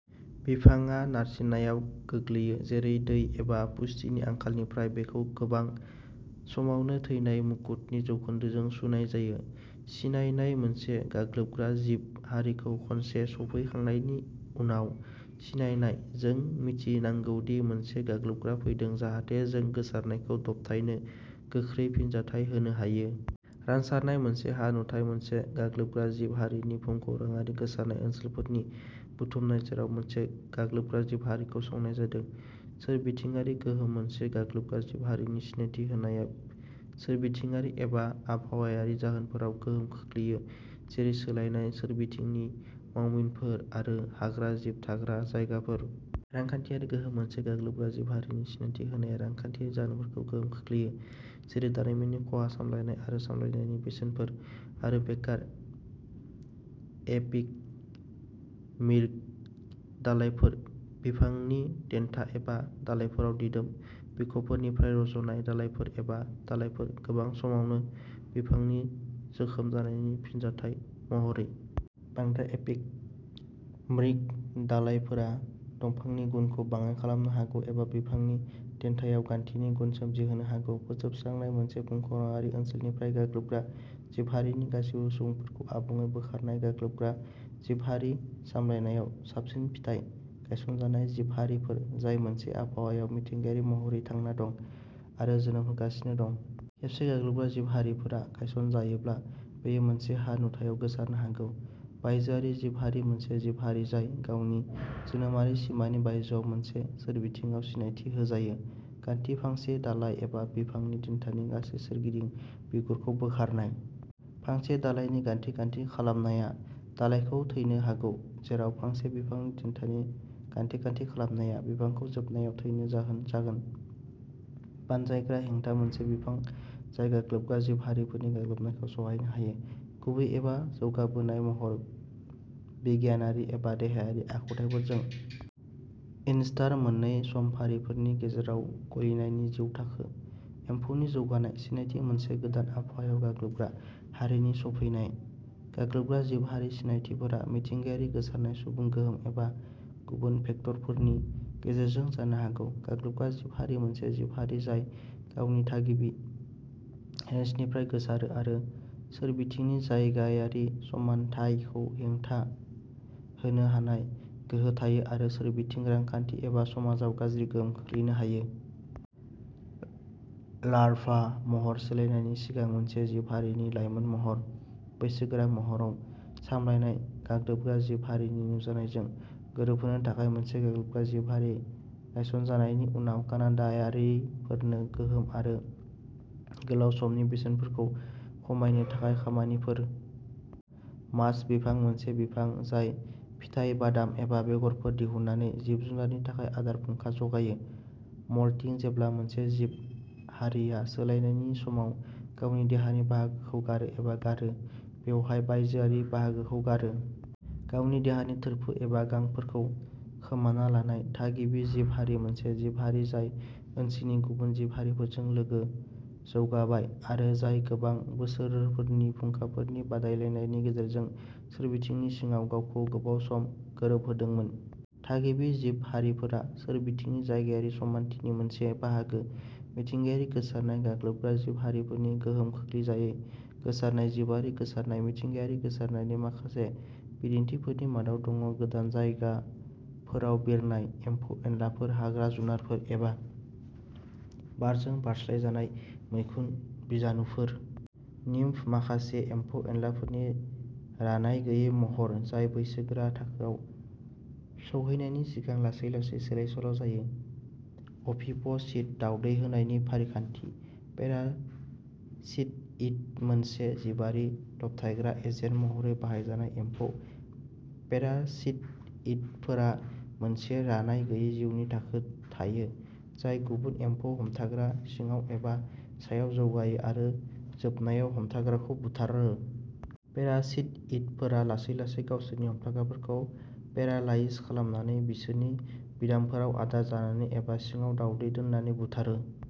बिफाङा नारसिननायाव गोग्लैयो, जेरै दै एबा पुष्टिनि आंखालनिफ्राय बेखौ गोबां समावनो थैनाय मुकुटनि जौखोन्दोजों सुनाय जायो। सिनायनाय मोनसे गाग्लोबग्रा जिब हारिखौ खनसे सौफैखांनायनि उनाव सिनायनाय। जों मिथिनांगौ दि मोनसे गाग्लोबग्रा फैदों जाहाथे जों गोसारनायखौ दबथायनो गोख्रै फिनजाथाय होनो हायो। रानसारनाय मोनसे हा नुथाय मोनसे गाग्लोबग्रा जिब हारिनि भुमखौराङारि गोसारनाय ओनसोलफोरनि बुथुमनाय जेराव मोनसे गाग्लोबग्रा जिब हारिखौ संनाय जादों। सोरबिथिङारि गोहोम मोनसे गाग्लोबग्रा जिब हारिनि सिनायथि होनाया सोरबिथिङारि एबा आबहावायारि जाहोनफोराव गोहोम खोख्लैयो, जेरै सोलायनाय सोरबिथिंनि मावमिनफोर आरो हाग्राजिब थाग्रा जायगाफोर। रांखान्थियारि गोहोम मोनसे गाग्लोबग्रा जिब हारिनि सिनायथि होनाया रांखान्थियारि जाहोनफोराव गोहोम खोख्लैयो, जेरै दारिमिननि खहा, सामलायनाय आरो सामलायनायनि बेसेनफोर, आरो बेकार। एपिकर्मिक दालायफोर बिफांनि देन्था एबा दालायफोराव दिदोम बिखबफोरनिफ्राय रज'नाय दालाइफोर एबा दालायफोर, गोबां समावनो बिफांनि जोखोम जानायनि फिनजाथाय महरै। बांद्राय एपिकर्मिक दालाइफोरा दंफांनि गुनखौ बाङाइ खालामनो हागौ एबा बिफांनि देन्थायाव गान्थिनि गुन सोमजिहोनो हागौ। फोजोबस्रांनाय मोनसे भुमखौराङारि ओनसोलनिफ्राय गाग्लोबग्रा जिब हारिनि गासिबो सुबुंफोरखौ आबुङै बोखारनाय गाग्लोबग्रा जिब हारि सामलायनायाव साबसिन फिथाय। गायसनजानाय जिब हारिफोर जाय मोनसे आबहावायाव मिथिंगायारि महरै थांना दं आरो जोनोम होगासिनो दं। खेबसे गाग्लोबग्रा जिब हारिफोरा गायसनजायोब्ला, बेयो मोनसे हा नुथायाव गोसारनो हागौ। बायजोआरि जिब हारि मोनसे जिब हारि जाय गावनि जोनोमारि सिमानि बायजोआव मोनसे सोरबिथिंआव सिनायथि होजायो। गान्थि फांसे दालाय एबा बिफांनि देन्थानि गासै सोरगिदिं बिगुरखौ बोखारनाय। फांसे दालायनि गान्थि गान्थि खालामनाया दालाइखौ थैनो हागौ, जेराव फांसे बिफांनि देन्थानि गान्थि गान्थि खालामनाया बिफांखौ जोबनायाव थैनो जाहोन जागोन। बानजायग्रा हेंथा मोनसे बिफां जाय गाग्लोबग्रा जिब हारिफोरनि गाग्लोबनायखौ सहायनो हायो, गुबै एबा जौगाबोनाय महर बिगियानारि एबा देहायारि आखुथायफोरजों। इनस्टार मोननै समफारिफोरनि गेजेराव गलिनायनि जिउ थाखो। एम्फौनि जौगानाय। सिनायथि मोनसे गोदान आबहावायाव गाग्लोबग्रा हारिनि सफैनाय। गाग्लोबग्रा जिब हारि सिनायथिफोरा मिथिंगायारि गोसारनाय, सुबुं गोहोम एबा गुबुन भेक्टरफोरनि गेजेरजों जानो हागौ। गाग्लोबग्रा जिब हारि मोनसे जिब हारि जाय गावनि थागिबि रेन्जनिफ्राय गोसारो, आरो सोरबिथिंनि जायगायारि समानथायखौ हेंथा होनो हानाय गोहो थायो आरो सोरबिथिं, रांखान्थि एबा समाजाव गाज्रि गोहोम खोख्लैनो हायो। लार्भा महर सोलायनायनि सिगां मोनसे जिब हारिनि लायमोन महर बैसोगोरा महराव। सामलायनाय गाग्लोबग्रा जिब हारिनि नुजानायजों गोरोबहोनो थाखाय मोनसे गाग्लोबग्रा जिब हारि गायसनजानायनि उनाव कानाडायारिफोरनो गोहोम आरो गोलाव समनि बेसेनफोरखौ खमायनो थाखाय खामानिफोर। मास्त बिफां मोनसे बिफां जाय फिथाइ, बादाम एबा बेगरफोर दिहुननानै जिब जुनारनि थाखाय आदार फुंखा जगायो। मल्टिं जेब्ला मोनसे जिब हारिआ सोलायनायनि समाव गावनि देहानि बाहागोखौ गारो एबा गारो। बेयाव बायजोआरि बाहागोखौ गारो। गावनि देहानि थोरफो एबा गांफोरखौ खोमाना लानाय। थागिबि जिब हारि मोनसे जिब हारि जाय ओनसोलनि गुबुन जिब हारिफोरजों लोगो जौगाबाय आरो जाय गोबां बोसोरफोरनि फुंखाफोरनि बादायलायनायनि गेजेरजों सोरबिथिंनि सिङाव गावखौ गोबाव सम गोरोबहोदोंमोन। थागिबि जिब हारिफोरा सोरबिथिंनि जायगायारि समानथिनि मोनसे बाहागो। मिथिंगायारि गोसारनाय गाग्लोबग्रा जिब हारिफोरनि गोहोम खोख्लैजायै गोसारनाय जिबारि गोसारनाय। मिथिंगायारि गोसारनायनि माखासे बिदिन्थिफोरनि मादाव दङ गोदान जायगाफोराव बिरनाय एम्फौ एनलाफोर, हाग्रा जुनारफोर एबा बारजों बारस्लायजानाय मैखुन बिजानुफोर। निम्फ माखासे एम्फौ एनलाफोरनि रानाय गैयै महर, जाय बैसोगोरा थाखोआव सौहैनायनि सिगां लासै लासै सोलायसोल'जायो। अभिप'सिट दावदै होनायनि फारिखान्थि। पेरासिटइड मोनसे जिबारि दबथायग्रा एजेन्ट महरै बाहायजानाय एम्फौ। पेरासिटइडफोरहा मोनसे रानाय गैयै जिउनि थाखो थायो जाय गुबुन एम्फौ हमथाग्रा सिङाव एबा सायाव जौगायो आरो जोबनायाव हमथाग्राखौ बुथारो। पेरासिटइडफोरा लासै लासै गावसोरनि हमथाग्राफोरखौ पेरालाइज खालामनानै, बिसोरनि बिदामफोराव आदार जानानै एबा सिङाव दावदै दोननानै बुथारो।